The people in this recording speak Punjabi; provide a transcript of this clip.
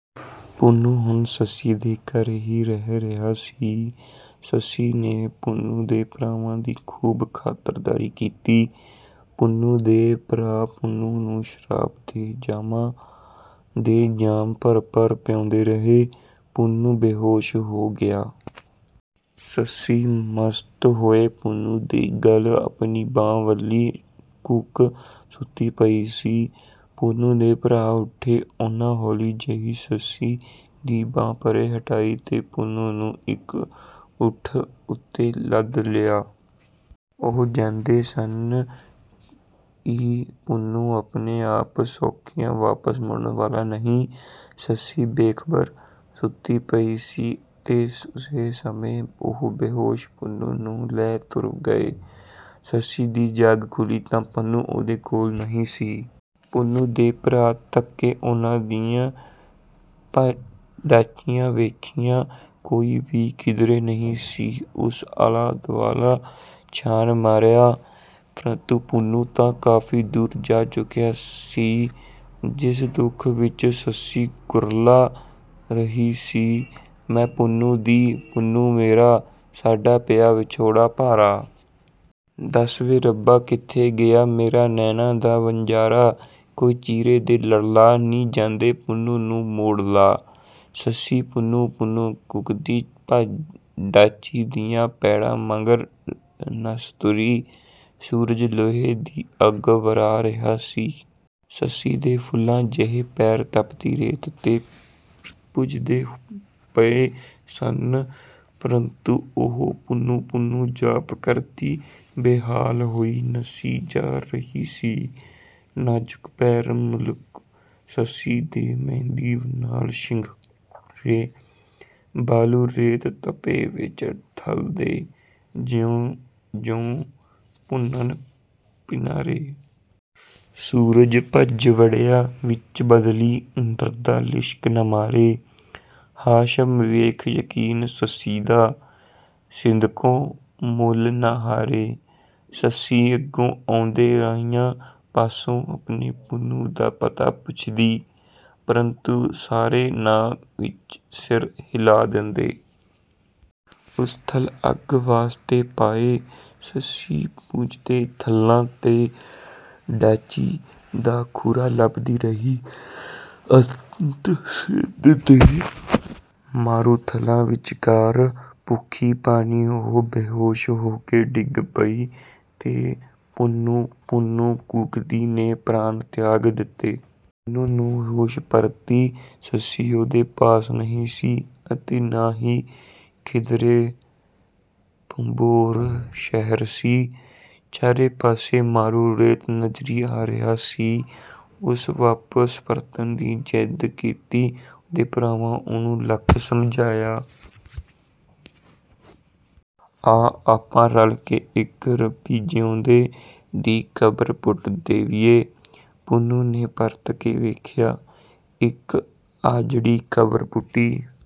ਪੁੰਨੂੰ ਹੁਣ ਸੱਸੀ ਦੇ ਘਰ ਹੀ ਰਹਿ ਰਿਹਾ ਸੀ। ਸੱਸੀ ਨੇ ਪੁੰਨੂੰ ਦੇ ਭਰਾਵਾਂ ਦੀ ਖੂਬ ਖਾਤਰਦਾਰੀ ਕੀਤੀ। ਪੁੰਨੂੰ ਦੇ ਭਰਾ ਪੁੰਨੂੰ ਨੂੰ ਸ਼ਰਾਬ ਦੇ ਜਾਮਾਂ ਦੇ ਜਾਮ ਭਰ-ਭਰ ਪਿਆਉਂਦੇ ਰਹੇ। ਪੁੰਨੂੰ ਬੇਹੋਸ਼ ਹੋ ਗਿਆ। ਸੱਸੀ ਮਸਤ ਹੋਏ ਪੁੰਨੂੰ ਦੇ ਗਲ ਆਪਣੀ ਬਾਂਹ ਵਲੀ ਘੂਕ ਸੁੱਤੀ ਪਈ ਸੀ। ਪੁੰਨੂੰ ਦੇ ਭਰਾ ਉੱਠੇ। ਉਨ੍ਹਾਂ ਹੌਲੀ ਜਿਹੀ ਸੱਸੀ ਦੀ ਬਾਂਹ ਪਰ੍ਹੇ ਹਟਾਈ ਤੇ ਪੁੰਨੂੰ ਨੂੰ ਇੱਕ ਊਠ ਉੱਤੇ ਲੱਦ ਲਿਆ। ਉਹ ਜਾਣਦੇ ਸਨ ਕਿ ਪੁੰਨੂੰ ਆਪਣੇ ਆਪ ਸੌਖਿਆਂ ਵਾਪਸ ਮੁੜਨ ਵਾਲਾ ਨਹੀਂ। ਸੱਸੀ ਬੇਖ਼ਬਰ ਸੁੱਤੀ ਪਈ ਸੀ ਅਤੇ ਉਸੇ ਸਮੇਂ ਉਹ ਬੇਹੋਸ਼ ਪੁੰਨੂੰ ਨੂੰ ਲੈ ਤੁਰ ਗਏ। ਸੱਸੀ ਦੀ ਜਾਗ ਖੁੱਲ੍ਹੀ ਤਾਂ ਪੁੰਨੂੰ ਉਹਦੇ ਕੋਲ ਨਹੀਂ ਸੀ। ਪੁੰਨੂੰ ਦੇ ਭਰਾ ਤੱਕੇ, ਉਨ੍ਹਾਂ ਦੀਆਂ ਡਾਚੀਆਂ ਵੇਖੀਆਂ, ਕੋਈ ਵੀ ਕਿਧਰੇ ਨਹੀਂ ਸੀ। ਉਸ ਆਲਾ-ਦੁਆਲਾ ਛਾਣ ਮਾਰਿਆ। ਪਰੰਤੂ ਪੁੰਨੂੰ ਤਾਂ ਕਾਫ਼ੀ ਦੂਰ ਜਾ ਚੁੱਕਿਆ ਸੀ। ਜਿਸ ਦੁੱਖ ਵਿੱਚ ਸੱਸੀ ਕੁਰਲਾ ਰਹੀ ਸੀ - ਮੈਂ ਪੁੰਨੂੰ ਦੀ, ਪੁੰਨੂੰ ਮੇਰਾ, ਸਾਡਾ ਪਿਆ ਵਿਛੋੜਾ ਭਾਰਾ। ਦਸ ਵੇ ਰੱਬਾ, ਕਿੱਥੇ ਗਿਆ ਮੇਰੇ ਨੈਣਾਂ ਦਾ ਵਣਜਾਰਾ। ਕੋਈ ਚੀਰੇ ਦੇ ਲੜ ਲਾ, ਨੀ ਜਾਂਦੇ ਪੁੰਨੂੰ ਨੂੰ ਮੋੜ ਲਾ। ਸੱਸੀ ਪੁੰਨੂੰ ਪੁੰਨੂੰ ਕੂਕਦੀ ਡਾਚੀ ਦੀਆਂ ਪੈੜਾਂ ਮਗਰ ਨੱਸ ਤੁਰੀ। ਸੂਰਜ ਲੋਹੇ ਦੀ ਅੱਗ ਵਰ੍ਹਾ ਰਿਹਾ ਸੀ। ਸੱਸੀ ਦੇ ਫੁੱਲਾਂ ਜਿਹੇ ਪੈਰ ਤਪਦੀ ਰੇਤ 'ਤੇ ਭੁੰਜਦੇ ਪਏ ਸਨ, ਪ੍ਰੰਤੂ ਉਹ ਪੁੰਨੂੰ ਪੁੰਨੂੰ ਜਾਪ ਕਰਦੀ ਬੇਹਾਲ ਹੋਈ ਨੱਸੀ ਜਾ ਰਹੀ ਸੀ - ਨਾਜ਼ੁਕ ਪੈਰ ਮਲੂਕ ਸੱਸੀ ਦੇ, ਮਹਿੰਦੀ ਨਾਲ ਸ਼ਿੰਗਾਰੇ। ਬਾਲੂ ਰੇਤ ਤਪੇ ਵਿੱਚ ਥਲ ਦੇ, ਜਿਉਂ ਜੌਂ ਭੁੰਨਣ ਭਨਿਆਰੇ। ਸੂਰਜ ਭੱਜ ਵੜਿਆ ਵਿੱਚ ਬੱਦਲੀਂ, ਡਰਦਾ ਲਿਸ਼ਕ ਨਾ ਮਾਰੇ। ਹਾਸ਼ਮ ਵੇਖ ਯਕੀਨ ਸੱਸੀ ਦਾ, ਸਿਦਕੋਂ ਮੂਲ ਨਾ ਹਾਰੇ। ਸੱਸੀ ਅੱਗੋਂ ਆਉਂਦੇ ਰਾਹੀਆਂ ਪਾਸੋਂ ਆਪਣੇ ਪੁੰਨੂੰ ਦਾ ਪਤਾ ਪੁੱਛਦੀ, ਪ੍ਰੰਤੂ ਸਾਰੇ ਨਾਂਹ ਵਿੱਚ ਸਿਰ ਹਿਲਾ ਦਿੰਦੇ। ਉਸ ਥਲ ਅੱਗ ਵਾਸਤੇ ਪਾਏ। ਸੱਸੀ ਭੁੰਜਦੇ ਥਲਾਂ 'ਤੇ ਡਾਚੀ ਦਾ ਖੁਰਾ ਲੱਭਦੀ ਰਹੀ। ਅੰਤ ਸਿੰਧ ਦੇ ਮਾਰੂਥਲਾਂ ਵਿੱਚਕਾਰ ਭੁੱਖੀ-ਭਾਣੀ ਉਹ ਬੇਹੋਸ਼ ਹੋ ਕੇ ਡਿੱਗ ਪਈ ਤੇ ਪੁੰਨੂੰ ਪੁੰਨੂੰ ਕੂਕਦੀ ਨੇ ਪ੍ਰਾਣ ਤਿਆਗ ਦਿੱਤੇ। ਪੁੰਨੂੰ ਨੂੰ ਹੋਸ਼ ਪਰਤੀ। ਸੱਸੀ ਉਹਦੇ ਪਾਸ ਨਹੀਂ ਸੀ ਅਤੇ ਨਾ ਹੀ ਕਿਧਰੇ ਭੰਬੋਰ ਸ਼ਹਿਰ ਸੀ। ਚਾਰੇ ਪਾਸੇ ਮਾਰੂ ਰੇਤ ਨਜ਼ਰੀਂ ਆ ਰਿਹਾ ਸੀ। ਉਸ ਵਾਪਸ ਪਰਤਣ ਦੀ ਜ਼ਿੱਦ ਕੀਤੀ। ਉਹਦੇ ਭਰਾਵਾਂ ਉਹਨੂੰ ਲੱਖ ਸਮਝਾਇਆ। ਆ, ਆਪਾਂ ਰਲ ਕੇ ਇੱਕ ਰੱਬੀ ਜੀਉਂਦੇ ਦੀ ਕਬਰ ਪੁੱਟ ਦੇਵੀਏ। ਪੁੰਨੂੰ ਨੇ ਪਰਤ ਕੇ ਵੇਖਿਆ, ਇੱਕ ਆਜੜੀ ਕਬਰ ਪੁੱਟੀ